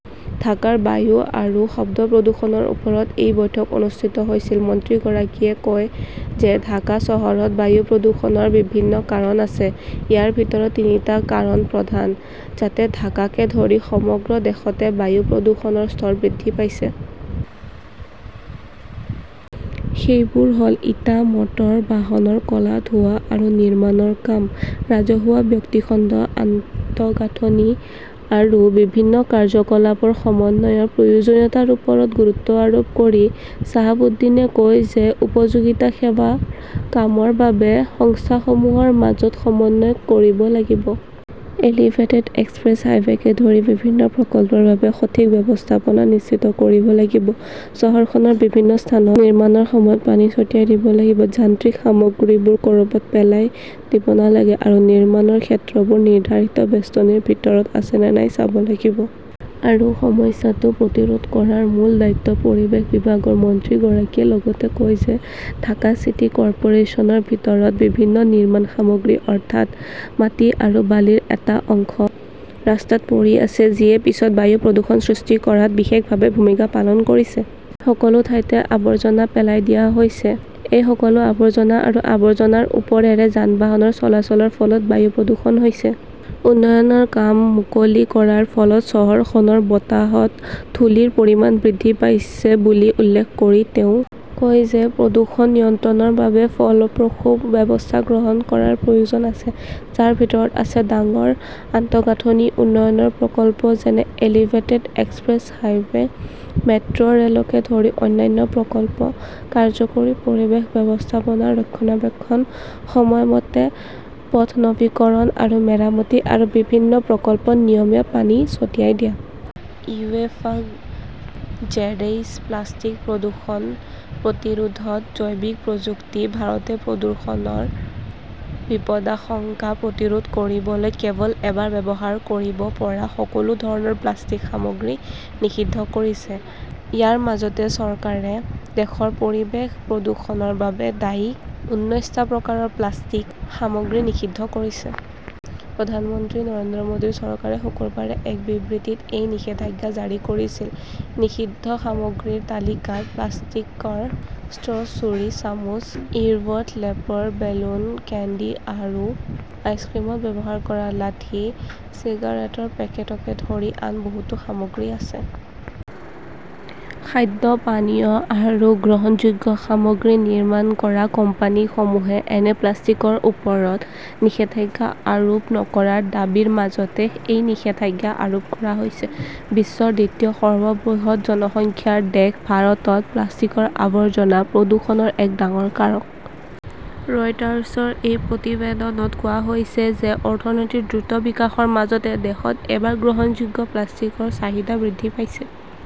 ঢাকাৰ বায়ু আৰু শব্দ প্ৰদূষণৰ ওপৰত এই বৈঠক অনুষ্ঠিত হৈছিল। মন্ত্ৰীগৰাকীয়ে কয় যে ঢাকা চহৰত বায়ু প্ৰদূষণৰ বিভিন্ন কাৰণ আছে। ইয়াৰ ভিতৰত তিনিটা কাৰণ প্ৰধান। যাতে ঢাকাকে ধৰি সমগ্ৰ দেশতে বায়ু প্ৰদূষণৰ স্তৰ বৃদ্ধি পাইছে। সেইবোৰ হ'ল ইটা, মটৰ বাহনৰ ক'লা ধোঁৱা আৰু নিৰ্মাণৰ কাম। ৰাজহুৱা-ব্যক্তিখণ্ড আন্তঃগাঁথনি আৰু বিভিন্ন কাৰ্যকলাপৰ সমন্বয়ৰ প্ৰয়োজনীয়তাৰ ওপৰত গুৰুত্ব আৰোপ কৰি শ্বাহাব উদ্দীনে কয় যে, উপযোগিতা সেৱা কামৰ বাবে সংস্থাসমূহৰ মাজত সমন্বয় কৰিব লাগিব। এলিভেটেড এক্সপ্ৰেছ-হাইৱেকে ধৰি বিভিন্ন প্ৰকল্পৰ বাবে সঠিক ব্যৱস্থাপনা নিশ্চিত কৰিব লাগিব। চহৰখনৰ বিভিন্ন স্থানত নিৰ্মাণৰ সময়ত পানী ছটিয়াই দিব লাগিব, যান্ত্ৰিক সামগ্ৰীবোৰ ক'ৰবাত পেলাই দিব নালাগে আৰু নিৰ্মাণৰ ক্ষেত্ৰবোৰ নিৰ্ধাৰিত বেষ্টনীৰ ভিতৰত আছে নে নাই চাব লাগিব। আৰু সমস্যাটো প্ৰতিৰোধ কৰাৰ মূল দায়িত্ব পৰিৱেশ বিভাগৰ। মন্ত্ৰীগৰাকীয়ে লগতে কয় যে ঢাকা চিটি কৰ্পোৰেচনৰ ভিতৰত বিভিন্ন নিৰ্মাণ সামগ্ৰী, অৰ্থাৎ মাটি আৰু বালিৰ এটা অংশ ৰাস্তাত পৰি আছে, যিয়ে পিছত বায়ু প্ৰদূষণ সৃষ্টি কৰাত বিশেষভাৱে ভূমিকা পালন কৰিছে। সকলো ঠাইতে আৱৰ্জনা পেলাই দিয়া হৈছে। এই সকলো আৱৰ্জনা আৰু আৱৰ্জনাৰ ওপৰেৰে যান-বাহনৰ চলাচলৰ ফলত বায়ু প্ৰদূষণ হৈছে। উন্নয়নৰ কাম মুকলি কৰাৰ ফলত চহৰখনৰ বতাহত ধূলিৰ পৰিমাণ বৃদ্ধি পাইছে বুলি উল্লেখ কৰি তেওঁ কয় যে প্ৰদূষণ নিয়ন্ত্ৰণৰ বাবে ফলপ্ৰসূ ব্যৱস্থা গ্ৰহণ কৰাৰ প্ৰয়োজন আছে, যাৰ ভিতৰত আছে ডাঙৰ আন্তঃগাঁথনি উন্নয়নৰ প্ৰকল্প যেনে এলিভেটেড এক্সপ্ৰেছ হাইৱে, মেট্ৰ'ৰেলকে ধৰি অন্যান্য প্ৰকল্প, কাৰ্যকৰী পৰিৱেশ ব্যৱস্থাপনা ৰক্ষণাবেক্ষণ, সময়মতে পথ নৱীকৰণ আৰু মেৰামতি, আৰু বিভিন্ন প্ৰকল্পত নিয়মীয়া পানী ছটিয়াই দিয়া। ইএফাক জেডএইচ প্লাষ্টিক প্ৰদূষণ প্ৰতিৰোধত জৈৱ প্ৰযুক্তি ভাৰতে প্ৰদূষণৰ বিপদাশংকা প্ৰতিৰোধ কৰিবলৈ কেৱল এবাৰ ব্যৱহাৰ কৰিব পৰা সকলো ধৰণৰ প্লাষ্টিক সামগ্ৰী নিষিদ্ধ কৰিছে। ইয়াৰ মাজতে চৰকাৰে দেশৰ পৰিৱেশ প্ৰদূষণৰ বাবে দায়ী উন্নৈছটা প্ৰকাৰৰ প্লাষ্টিক সামগ্ৰী নিষিদ্ধ কৰিছে। প্ৰধানমন্ত্ৰী নৰেন্দ্ৰ মোদীৰ চৰকাৰে শুকুৰবাৰে এক বিবৃতিত এই নিষেধাজ্ঞা জাৰি কৰিছিল। নিষিদ্ধ সামগ্ৰীৰ তালিকাত প্লাষ্টিকৰ ষ্ট্ৰ ', ছুৰী, চামুচ, ইৰবড, লেপাৰ, বেলুন, কেণ্ডি আৰু আইচক্ৰীমত ব্যৱহাৰ কৰা লাঠি, চিগাৰেটৰ পেকেটকে ধৰি আন বহুতো সামগ্ৰী আছে। খাদ্য, পানীয় আৰু গ্ৰহণযোগ্য সামগ্ৰী নিৰ্মাণ কৰা কোম্পানীসমূহে এনে প্লাষ্টিকৰ ওপৰত নিষেধাজ্ঞা আৰোপ নকৰাৰ দাবীৰ মাজতে এই নিষেধাজ্ঞা আৰোপ কৰা হৈছে। বিশ্বৰ দ্বিতীয় সৰ্ববৃহৎ জনসংখ্যাৰ দেশ ভাৰতত প্লাষ্টিকৰ আৱৰ্জনা প্ৰদূষণৰ এক ডাঙৰ কাৰক। ৰয়টাৰ্ছৰ এক প্ৰতিবেদনত কোৱা হৈছে যে, অৰ্থনীতিৰ দ্ৰুত বিকাশৰ মাজতে দেশত এবাৰ ব্যৱহাৰযোগ্য প্লাষ্টিকৰ চাহিদা বৃদ্ধি পাইছে।